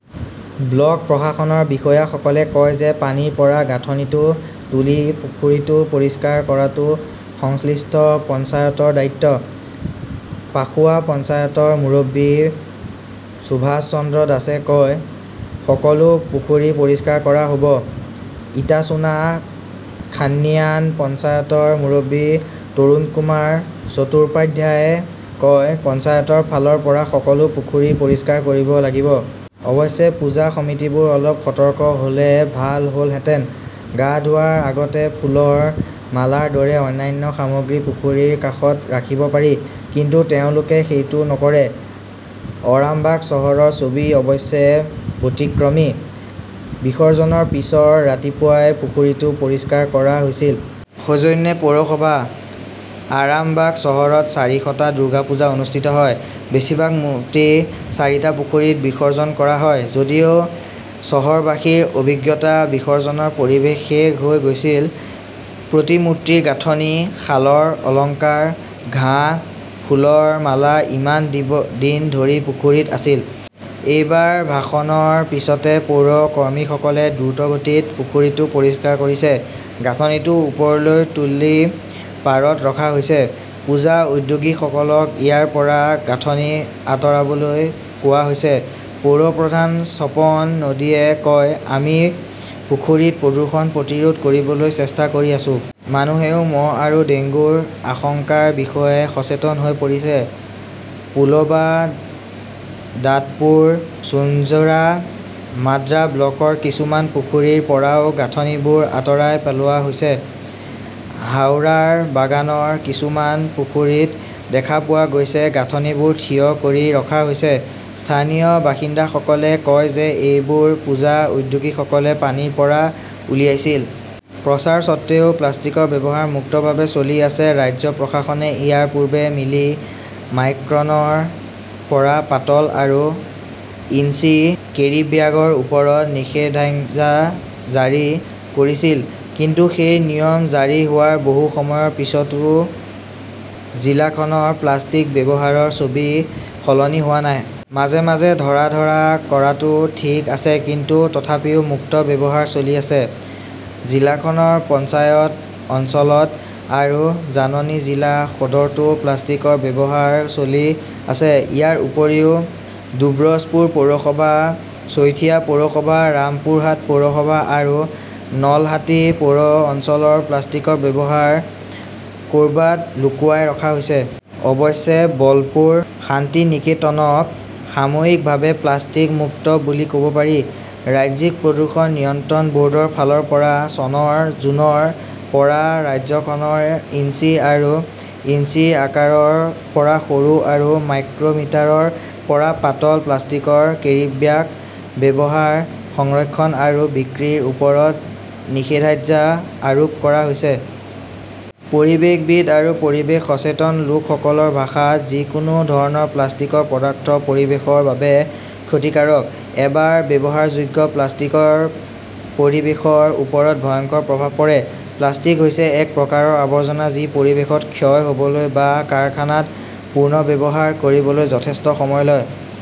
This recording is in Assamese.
ব্লক প্ৰশাসনৰ বিষয়াসকলে কয় যে পানীৰ পৰা গাঁথনিটো তুলি পুখুৰীটো পৰিষ্কাৰ কৰাটো সংশ্লিষ্ট পঞ্চায়তৰ দায়িত্ব। পাশুৱা পঞ্চায়তৰ মুৰব্বী সুভাষ চন্দ্ৰ দাসে কয়, সকলো পুখুৰী পৰিষ্কাৰ কৰা হ'ব। ইটাচুনা-খান্নিয়ান পঞ্চায়তৰ মুৰব্বী তৰুণকুমাৰ চট্টোপাধ্যায়ই কয়, পঞ্চায়তৰ ফালৰ পৰা সকলো পুখুৰী পৰিষ্কাৰ কৰিব লাগিব। অৱশ্যে, পূজা সমিতিবোৰ অলপ সতৰ্ক হ'লে ভাল হ'লহেঁতেন। গা ধোৱাৰ আগতে ফুলৰ মালাৰ দৰে অন্যান্য সামগ্ৰী পুখুৰীৰ কাষত ৰাখিব পাৰি। কিন্তু তেওঁলোকে সেইটো নকৰে। অৰামবাগ চহৰৰ ছবি অৱশ্যে বতিক্ৰমী। বিসৰ্জনৰ পিছৰ ৰাতিপুৱাই পুখুৰীটো পৰিষ্কাৰ কৰা হৈছিল। সৌজন্যে পৌৰসভা। আৰামবাগ চহৰত চাৰিশটা দুৰ্গা পূজা অনুষ্ঠিত হয়। বেছিভাগ মূৰ্তি চাৰিটা পুখুৰীত বিসৰ্জন কৰা হয়। যদিও চহৰবাসীৰ অভিজ্ঞতা, বিসৰ্জনৰ পৰিৱেশ শেষ হৈ গৈছিল, প্ৰতিমূৰ্তিৰ গাঁথনি, শালৰ অলংকাৰ, ঘাঁহ, ফুলৰ মালা ইমান দিন ধৰি পুখুৰীত আছিল। এইবাৰ ভাসনৰ পিছতে পৌৰ কৰ্মীসকলে দ্ৰুতগতিত পুখুৰীটো পৰিষ্কাৰ কৰিছে। গাঁথনিটো ওপৰলৈ তুলি পাৰত ৰখা হৈছে। পূজা উদ্যোগীসকলক ইয়াৰ পৰা গাঁথনি আতৰাবলৈ কোৱা হৈছে। পৌৰ প্ৰধান স্বপন নন্দীয়ে কয়, আমি পুখুৰীত প্ৰদূষণ প্ৰতিৰোধ কৰিবলৈ চেষ্টা কৰি আছো। মানুহেও মহ আৰু ডেংগুৰ আশংকাৰ বিষয়ে সচেতন হৈ পৰিছে। পোলবা-দাদপুৰ, চুঞ্জুৰা-মাগ্ৰা ব্লকৰ কিছুমান পুখুৰীৰ পৰাও গাঁথনিবোৰ আঁতৰাই পেলোৱা হৈছে। হাওৰাৰ বাগানৰ কিছুমান পুখুৰীত দেখা পোৱা গৈছে, গাঁথনিবোৰ থিয় কৰি ৰখা হৈছে। স্থানীয় বাসিন্দাসকলে কয় যে এইবোৰ পূজা উদ্যোগীসকলে পানীৰ পৰা উলিয়াইছিল। প্ৰচাৰ স্বত্বেও, প্লাষ্টিকৰ ব্যৱহাৰ মুক্তভাৱে চলি আছে ৰাজ্য প্ৰশাসনে ইয়াৰ পূৰ্বে মিলি মাইক্ৰনৰ পৰা পাতল আৰু ইঞ্চি কেৰিব্যাগৰ ওপৰত নিষেধাজ্ঞা জাৰি কৰিছিল। কিন্তু সেই নিয়ম জাৰি হোৱাৰ বহু সময়ৰ পিছতো জিলাখনৰ প্লাষ্টিক ব্যৱহাৰৰ ছবি সলনি হোৱা নাই। মাজে মাজে ধৰা-ধৰা কৰাটো ঠিক আছে কিন্তু তথাপিও মুক্ত ব্যৱহাৰ চলি আছে। জিলাখনৰ পঞ্চায়ত অঞ্চলত আৰু জাননী জিলা সদৰতো প্লাষ্টিকৰ ব্যৱহাৰ চলি আছে। ইয়াৰ উপৰিও দুব্ৰজপুৰ পৌৰসভা, চৈথিয়া পৌৰসভা, ৰামপুৰহাট পৌৰসভা আৰু নলহাটি পৌৰ অঞ্চলত প্লাষ্টিকৰ ব্যৱহাৰ কৰবাত লুকুৱাই ৰখা হৈছে। অৱশ্যে, বলপুৰ শান্তিনিকেতনক সাময়িকভাৱে প্লাষ্টিক-মুক্ত বুলি কব পাৰি। ৰাজ্যিক প্ৰদূষণ নিয়ন্ত্ৰণ বৰ্ডৰ ফালৰ পৰা, চনৰ জুনৰ পৰা ৰাজ্যখনৰ ইঞ্চি আৰু ইঞ্চি আকাৰৰ পৰা সৰু আৰু মাইক্ৰ'মিটাৰৰ পৰা পাতল প্লাষ্টিকৰ কেৰিব্যাগ ব্যৱহাৰ, সংৰক্ষণ আৰু বিক্ৰীৰ ওপৰত নিষেধাজ্যা আৰোপ কৰা হৈছে। পৰিৱেশবিদ আৰু পৰিৱেশ সচেতন লোকসকলৰ ভাষাত, যিকোনো ধৰণৰ প্লাষ্টিকৰ পদাৰ্থ পৰিৱেশৰ বাবে ক্ষতিকাৰক। এবাৰ ব্যৱহাৰযোগ্য প্লাষ্টিকৰ পৰিৱেশৰ ওপৰত ভয়ংকৰ প্ৰভাৱ পৰে। প্লাষ্টিক হৈছে এক প্ৰকাৰৰ আৱৰ্জনা যি পৰিৱেশত ক্ষয় হ 'বলৈ বা কাৰখানাত পুনৰ্ব্যৱহাৰ কৰিবলৈ যথেষ্ট সময় লয়।